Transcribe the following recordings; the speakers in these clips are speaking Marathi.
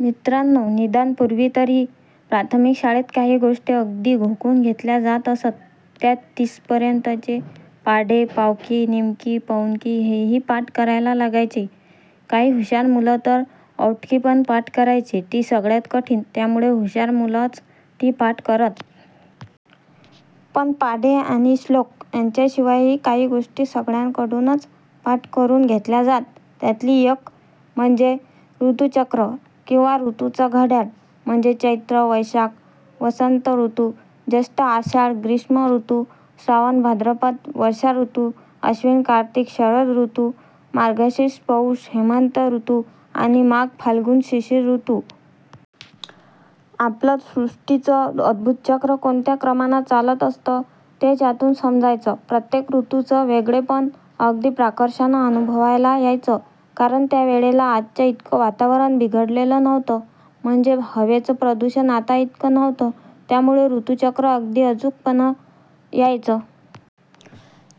मित्रांनो, निदान पूर्वीतरी प्राथमिक शाळेत काही गोष्टी अगदी घोकून घेतल्या जात असत. त्यात तीसपर्यंतचे पाढे, पावकी, निमकी, पाऊणकी हेही पाठ करायला लागायचे. काही हुशार मुलं तर औटकीपण पाठ करायचे. ती सगळ्यात कठीण, त्यामुळं हुशार मुलंच ती पाठ करत. पण पाढे आणि श्लोक यांच्याशिवायही काही गोष्टी सगळ्यांकडूनच पाठ करून घेतल्या जात. त्यातली एक म्हणजे ऋतुचक्र! किंवा ऋतूंचं घड्याळ!! म्हणजे चैत्र-वैशाख वसंत ऋतू, ज्येष्ठ-आषाढ ग्रीष्म ऋतू, श्रावण-भाद्रपद वर्षा ऋतू, आश्विन-कार्तिक शरद ऋतू, मार्गशीर्ष-पौष हेमंत ऋतू आणि माघ-फाल्गुन शिशिर ऋतू! आपलं सृष्टीचं अद्भुत चक्र कोणत्या क्रमानं चालत असतं, तेच यातून समजायचं. प्रत्येक ऋतूचं वेगळेपण अगदी प्रकर्षानं अनुभवायला यायचं; कारण त्यावेळेला आजच्या इतकं वातावरण बिघडलेलं नव्हतं. म्हणजे हवेचं प्रदूषण आता इतकं नव्हतं. त्यामुळं ऋतुचक्र अगदी अचूकपणं यायचं.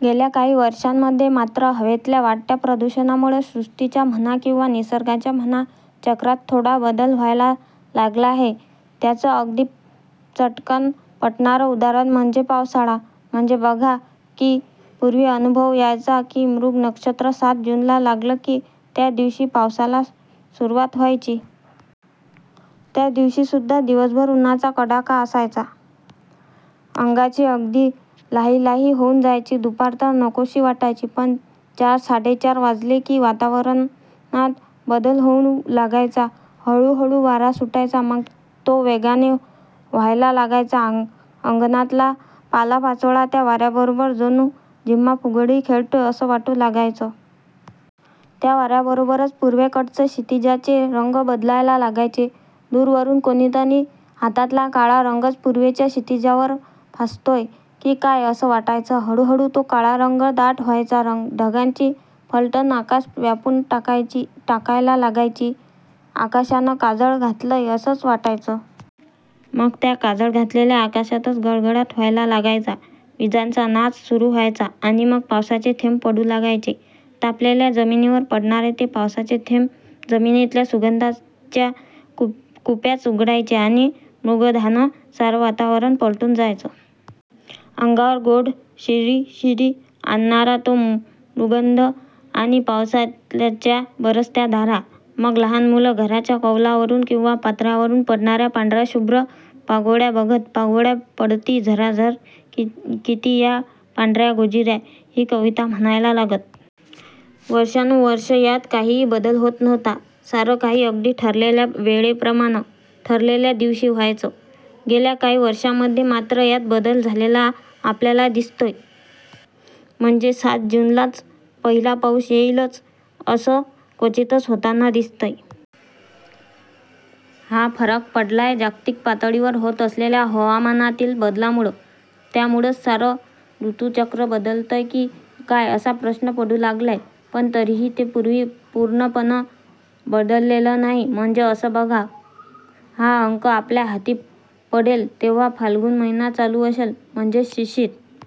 गेल्या काही वर्षांमध्ये मात्र हवेतल्या वाढत्या प्रदूषणामुळं सृष्टीच्या म्हणा किंवा निसर्गाच्या म्हणा, चक्रात थोडा बदल व्हायला लागला आहे. त्याचं अगदी चटकन पटणारं उदाहरण म्हणजे पावसाळा! म्हणजे बघा की पूर्वी अनुभव असा यायचा की मृग नक्षत्र सात जूनला लागलं की त्या दिवशी पावसाला सुरुवात व्हायची. त्या दिवशीसुद्धा दिवसभर उन्हाचा कडाका असायचा. अंगाची अगदी लाही लाही होऊन जायची. दुपार तर नकोशी वाटायची. पण चार-साडेचार वाजले की वातावरणात बदल होऊ लागायचा. हळूहळू वारा सुटायचा. मग तो वेगानं वहायला लागायचा. अंगणातला पालापाचोळा त्या वाऱ्याबरोबर जणू झिम्मा-फुगडी खेळतोय असं वाटू लागायचं. त्या वाऱ्याबरोबरच पूर्वेकडचं क्षितिजाचे रंग बदलायला लागायचे. दूरवरून कोणीतरी हातातला काळा रंगच पूर्वेच्या क्षितिजावर फासतोय की काय असं वाटायचं. हळूहळू तो काळा रंग दाट व्हायचा. ढगांची फलटण आकाश व्यापून टाकायला लागायची. आकाशानं काजळ घातलंय असंच वाटायचं. मग त्या काजळ घातलेल्या आकाशातच गडगडाट व्हायला लागायचा. विजांचा नाच सुरू व्हायचा आणि मग पावसाचे थेंब पडू लागायचे. तापलेल्या जमिनीवर पडणारे ते पावसाचे थेंब जमिनीतल्या सुगंधाच्या कुप्याच उघडायचे आणि मृद्गंधानं सारं वातावरण पालटून जायचं... अंगावर गोड शिरशिरी आणणारा तो मृद्गंध आणि पावसाच्या बरसत्या धारा... मग लहान मुलं घराच्या कौलांवरून किंवा पत्र्यावरून पडणाऱ्या पांढऱ्या शुभ्र पागोळ्या बघत 'पागोळ्या पडती झराझर किती या पांढऱ्या गोजिऱ्या...' ही कविता म्हणायला लागत. वर्षानुवर्षं यात काहीही बदल होत नव्हता. सारं काही अगदी ठरलेल्या वेळेप्रमाणं, ठरलेल्या दिवशी, व्हायचं. गेल्या काही वर्षांमध्ये मात्र यात बदल झालेला आपल्याला दिसतोय. म्हणजे सात जूनलाच पहिला पाऊस येईलच, असं क्वचितच होताना दिसतंय. हा फरक पडलाय जागतिक पातळीवर होत असलेल्या हवामानातील बदलामुळं! त्यामुळंच सारंच ऋतुचक्र बदलतंय की काय असा प्रश्न पडू लागलाय. पण तरीही ते पूर्णपणं बदललेलं नाही. म्हणजे असं बघा, हा अंक आपल्या हाती पडेल, तेव्हा फाल्गुन महिना चालू असेल. म्हणजेच शिशिर